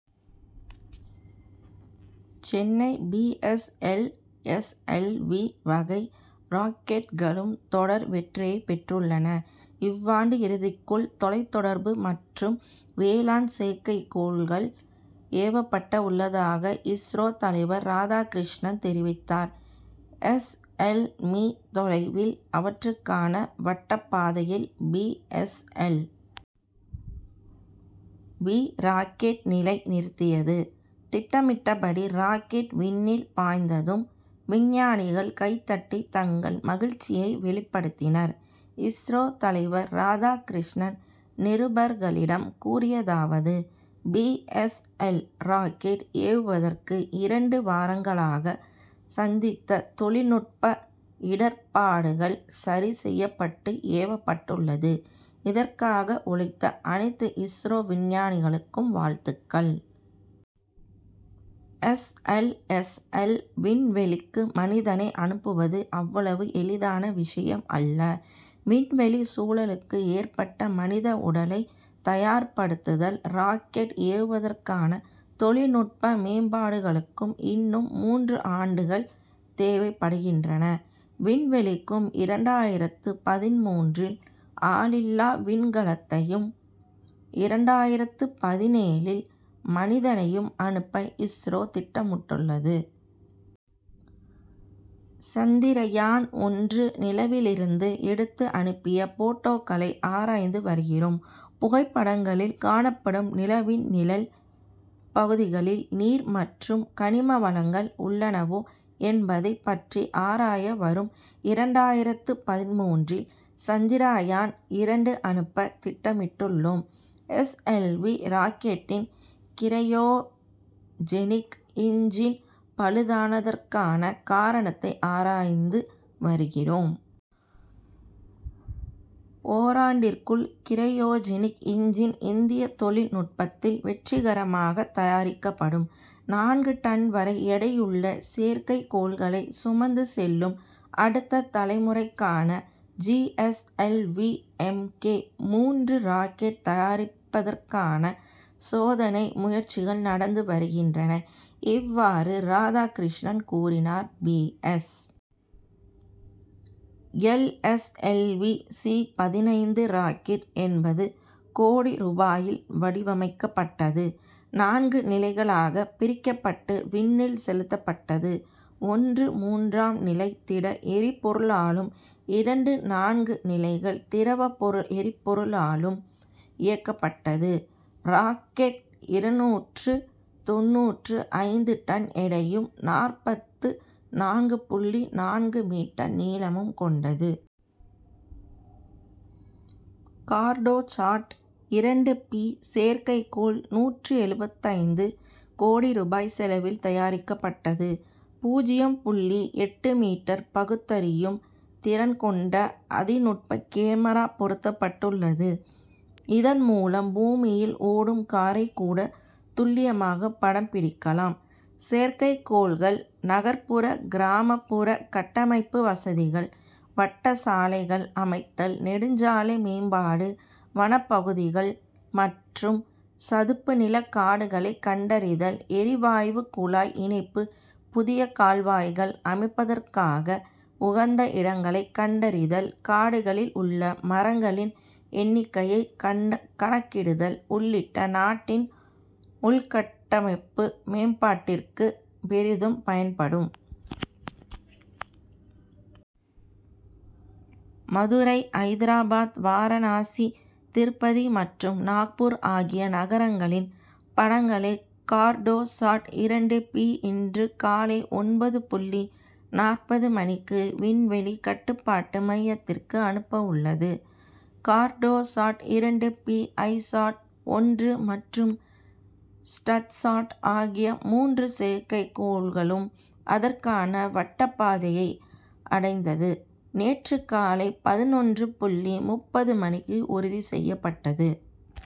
Chennai P. S. L. S. L. V., வகை ராக்கெட்களும் தொடர் வெற்றியைப் பெற்றுள்ளன. இவ்வாண்டு இறுதிக்குள் தொலைத்தொடர்பு மற்றும் வேளாண் செயற்கைக்கோள்கள் ஏவப்பட உள்ளதாக, இஸ்ரோ தலைவர் ராதாகிருஷ்ணன் தெரிவித்தார். எஸ். எல். மீ., தொலைவில், அவற்றுக்கான வட்டப்பாதையில் P. S. L. V., rocket நிலை நிறுத்தியது. திட்டமிட்டபடி ராக்கெட் விண்ணில் பாய்ந்ததும், விஞ்ஞானிகள் கைதட்டி தங்கள் மகிழ்ச்சியை வெளிப்படுத்தினர். இஸ்ரோ தலைவர் ராதாகிருஷ்ணன் நிருபர்களிடம் கூறியதாவது பி. எஸ். எல். ராக்கெட் ஏவுவதற்கு, இரண்டு வாரங்களாக சந்தித்த தொழில்நுட்ப இடர்ப்பாடுகள் சரி செய்யப்பட்டு, ஏவப்பட்டுள்ளது. இதற்காக உழைத்த அனைத்து இஸ்ரோ விஞ்ஞானிகளுக்கும் வாழ்த்துக்கள். எஸ். எல். எஸ். எல். விண்வெளிக்கு மனிதனை அனுப்புவது அவ்வளவு எளிதான விஷயம் அல்ல. விண்வெளி சூழலுக்கு ஏற்ப மனித உடலை தயார்படுத்துதல், ராக்கெட் ஏவுவதற்கான தொழில்நுட்ப மேம்பாடுகளுக்கும் இன்னும் மூன்று ஆண்டுகள் தேவைப்படுகின்றன. விண்வெளிக்கு இரண்டாயிரத்து பதின்மூன்றில் ஆளில்லா விண்கலத்தையும், இரண்டாயிரத்து பதினேழில் மனிதனையும் அனுப்ப இஸ்ரோ திட்டமுட்டுள்ளது. சந்திரயான் ஒன்று நிலவிலிருந்து எடுத்து அனுப்பிய போட்டோக்களை ஆராய்ந்து வருகிறோம். புகைப்படங்களில் காணப்படும் நிலவின் நிழல் பகுதிகளில் நீர் மற்றும் கனிம வளங்கள் உள்ளனவா என்பதைப் பற்றி ஆராய, வரும் இரண்டாயிரத்து பதின்மூன்றில் சந்திராயான் இரண்டு அனுப்ப திட்டமிட்டுள்ளோம். எஸ். எல். வி., ராக்கெட்டின் கிரையோஜெனிக் இன்ஜின் பழுதானதற்கான காரணத்தை ஆராய்ந்து வருகிறோம். ஓராண்டுக்குள் கிரையோஜெனிக் இன்ஜின் இந்திய தொழில் நுட்பத்தில் வெற்றிகரமாக தயாரிக்கப்படும். நான்கு டன் வரை எடையுள்ள செயற்கைக்கோள்களை சுமந்து செல்லும் அடுத்த தலைமுறைக்கான, ஜி. எஸ். எல். வி.,-எம்கே மூன்று ராக்கெட் தயாரிப்பதற்கான சோதனை முயற்சிகள் நடந்து வருகின்றன. இவ்வாறு ராதாகிருஷ்ணன் கூறினார். P. S. L. S. L. V., சி-பதினைந்து ராக்கெட், எண்பது கோடி ரூபாயில் வடிவமைக்கப்பட்டது. நான்கு நிலைகளாக பிரிக்கப்பட்டு விண்ணில் செலுத்தப்பட்டது. ஒன்று, மூன்றாம் நிலை திட எரிபொருளாலும், இரண்டு, நான்கு நிலைகள் திரவ பொருள் எரிபொருளாலும் இயக்கப்பட்டது. ராக்கெட் இருநூற்று தொண்ணூற்று ஐந்து டன் எடையும், நாற்பத்து நான்கு புள்ளி நான்கு மீட்டர் நீளமும் கொண்டது. கார்டோசாட் இரண்டு பி செயற்கைக்கோள், நூற்று எழுபத்தைந்து கோடி ரூபாய் செலவில் தயாரிக்கப்பட்டது. பூஜ்ஜியம் புள்ளி எட்டு மீட்டர் பகுத்தறியும் திறன் கொண்ட, அதிநுட்ப கேமரா பொருத்தப்பட்டுள்ளது. இதன் மூலம் பூமியில் ஓடும் காரைக் கூட, துல்லியமாக படம் பிடிக்கலாம். செயற்கைக்கோள்கள் நகர்புற, கிராமப்புற கட்டமைப்பு வசதிகள், வட்டச் சாலைகள் அமைத்தல், நெடுஞ்சாலை மேம்பாடு, வனப்பகுதிகள் மற்றும் சதுப்பு நில காடுகளைக் கண்டறிதல், எரிவாயு குழாய் இணைப்பு, புதிய கால்வாய்கள் அமைப்பதற்காக உகந்த இடங்களைக் கண்டறிதல், காடுகளில் உள்ள மரங்களின் எண்ணிக்கையை கண்ட கணக்கிடுதல் உள்ளிட்ட, நாட்டின் உள்கட்டமைப்பு மேம்பாட்டிற்கு பெரிதும் பயன்படும். மதுரை, ஐதராபாத், வாரணாசி, திருப்பதி மற்றும் நாக்பூர் ஆகிய நகரங்களின் படங்களை, கார்டோசாட் இரண்டு பி இன்று காலை ஒன்பது புள்ளி நாற்பது மணிக்கு, விண்வெளி கட்டுப்பாட்டு மையத்திற்கு அனுப்ப உள்ளது. கார்டோசாட் இரண்டு பி, ஐசாட் ஒன்று மற்றும் ஸ்டட்சாட் ஆகிய மூன்று செயற்கைக்கோள்களும் அதற்கான வட்டப்பாதையை அடைந்தது, நேற்று காலை பதினொன்று புள்ளி முப்பது மணிக்கு உறுதி செய்யப்பட்டது.